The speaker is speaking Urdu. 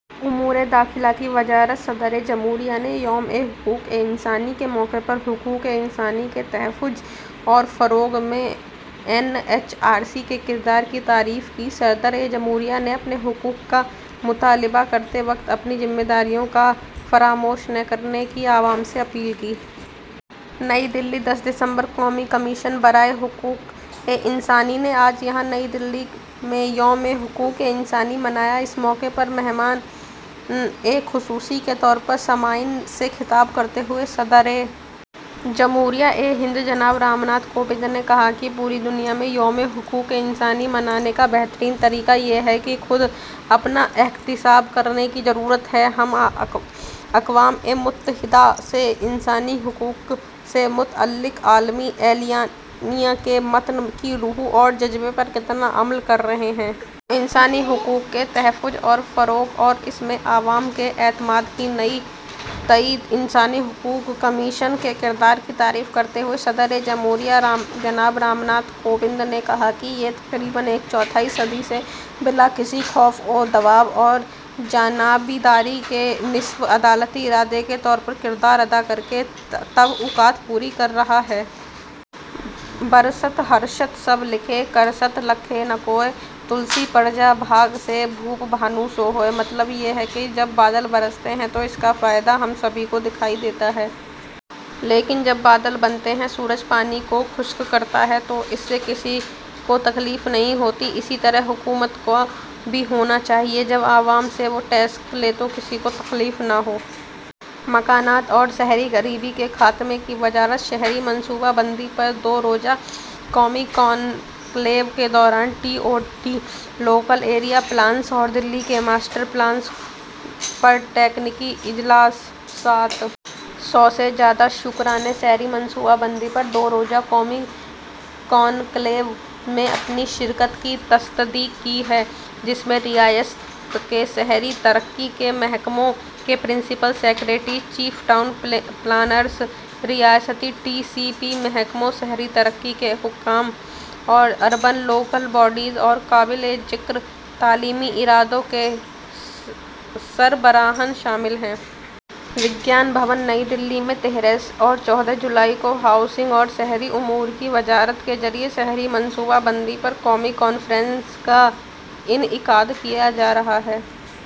امورِ داخلہ کی وزارت صدرِ جمہوریہ نے یومِ حقوقِ انسانی کے موقع پر حقوقِ انسانی کے تحفظ اور فروغ میں این ایچ آر سی کے کردار کی تعریف کی۔ صدرِ جمہوریہ نے اپنے حقوق کا مطالبہ کرتے وقت اپنی ذمہ داریوں کو فراموش نہ کرنے کی عوام سے اپیل کی۔ نئی دہلی، دس دسمبر: قومی کمیشن برائے حقوقِ انسانی نے آج یہاں نئی دہلی میں یومِ حقوقِ انسانی منایا۔ اس موقع پر مہمانِ خصوصی کے طور پر سامعین سے خطاب کرتے ہوئے صدرِ جمہوریہ ہند جناب رام ناتھ کووند نے کہا کہ پوری دنیا میں ''یومِ حقوقِ انسانی'' منانے کا بہترین طریقہ یہ ہے کہ خود اپنا احتساب کرنے کی ضرورت ہے کہ ہم اقوامِ متحدہ کے انسانی حقوق سے متعلق عالمی اعلامیہ کے متن کی روح اور جذبے پر کتنا عمل کر رہے ہیں۔ انسانی حقوق کے تحفظ اور فروغ اور اس میں عوام کے اعتماد کے تئیں انسانی حقوق کمیشن کے کردار کی تعریف کرتے ہوئے صدرِ جمہوریہ جناب رام ناتھ کووند نے کہا کہ یہ تقریباً ایک چوتھائی صدی سے بلا کسی خوف و دباؤ اور جانبداری کے نیم عدالتی ادارے کے طور پر کردار ادا کرکے توقعات پوری کر رہا ہے۔ ''برست ہرست سب لکھیں، کرست لکھے نہ کوئے، تلسی پرجا سبھاگ سے، بھوپ بھانو سو ہوئے''۔ مطلب یہ ہے کہ جب بادل برستے ہیں تو اس کا فائدہ ہم سبھی کو دکھائی دیتا ہے۔ لیکن جب بادل بنتے ہیں، سورج پانی کو خشک کرتا ہے، تو اس سے کسی کو تکلیف نہیں ہوتی۔ اسی طرح حکومت کو بھی ہونا چاہیے۔ جب عوام سے وہ ٹیکس لے تو کسی کو تکلیف نہ ہو۔ مکانات اور شہری غریبی کے خاتمے کی وزارت شہری منصوبہ بندی پر دو روزہ قومی کانکلیو کے دوران T O D, local area plans اور دہلی کے ماسٹر پلان پر تکنیکی اجلاس۔ سات سو سے زیادہ شرکاء نے شہری منصوبہ بندی پر دو روزہ قومی کانکلیو میں اپنی شرکت کی تصدیق کی ہے، جس میں ریاست کے شہری ترقی کے محکموں کے principal secretaries, chief town planners, ریاستی ٹی سی پی محکموں، شہری ترقی کے حکام اور اربن لوکل باڈیز اور سرکردہ تعلیمی اداروں کے سربراہان شامل ہیں۔ وگیان بھون، نئی دہلی میں تیرہ اور چودہ جولائی کو ہاؤسنگ اور شہری امور کی وزارت کے ذریعے شہری منصوبہ بندی پر قومی کانفرنس کا انعقاد کیا جا رہا ہے۔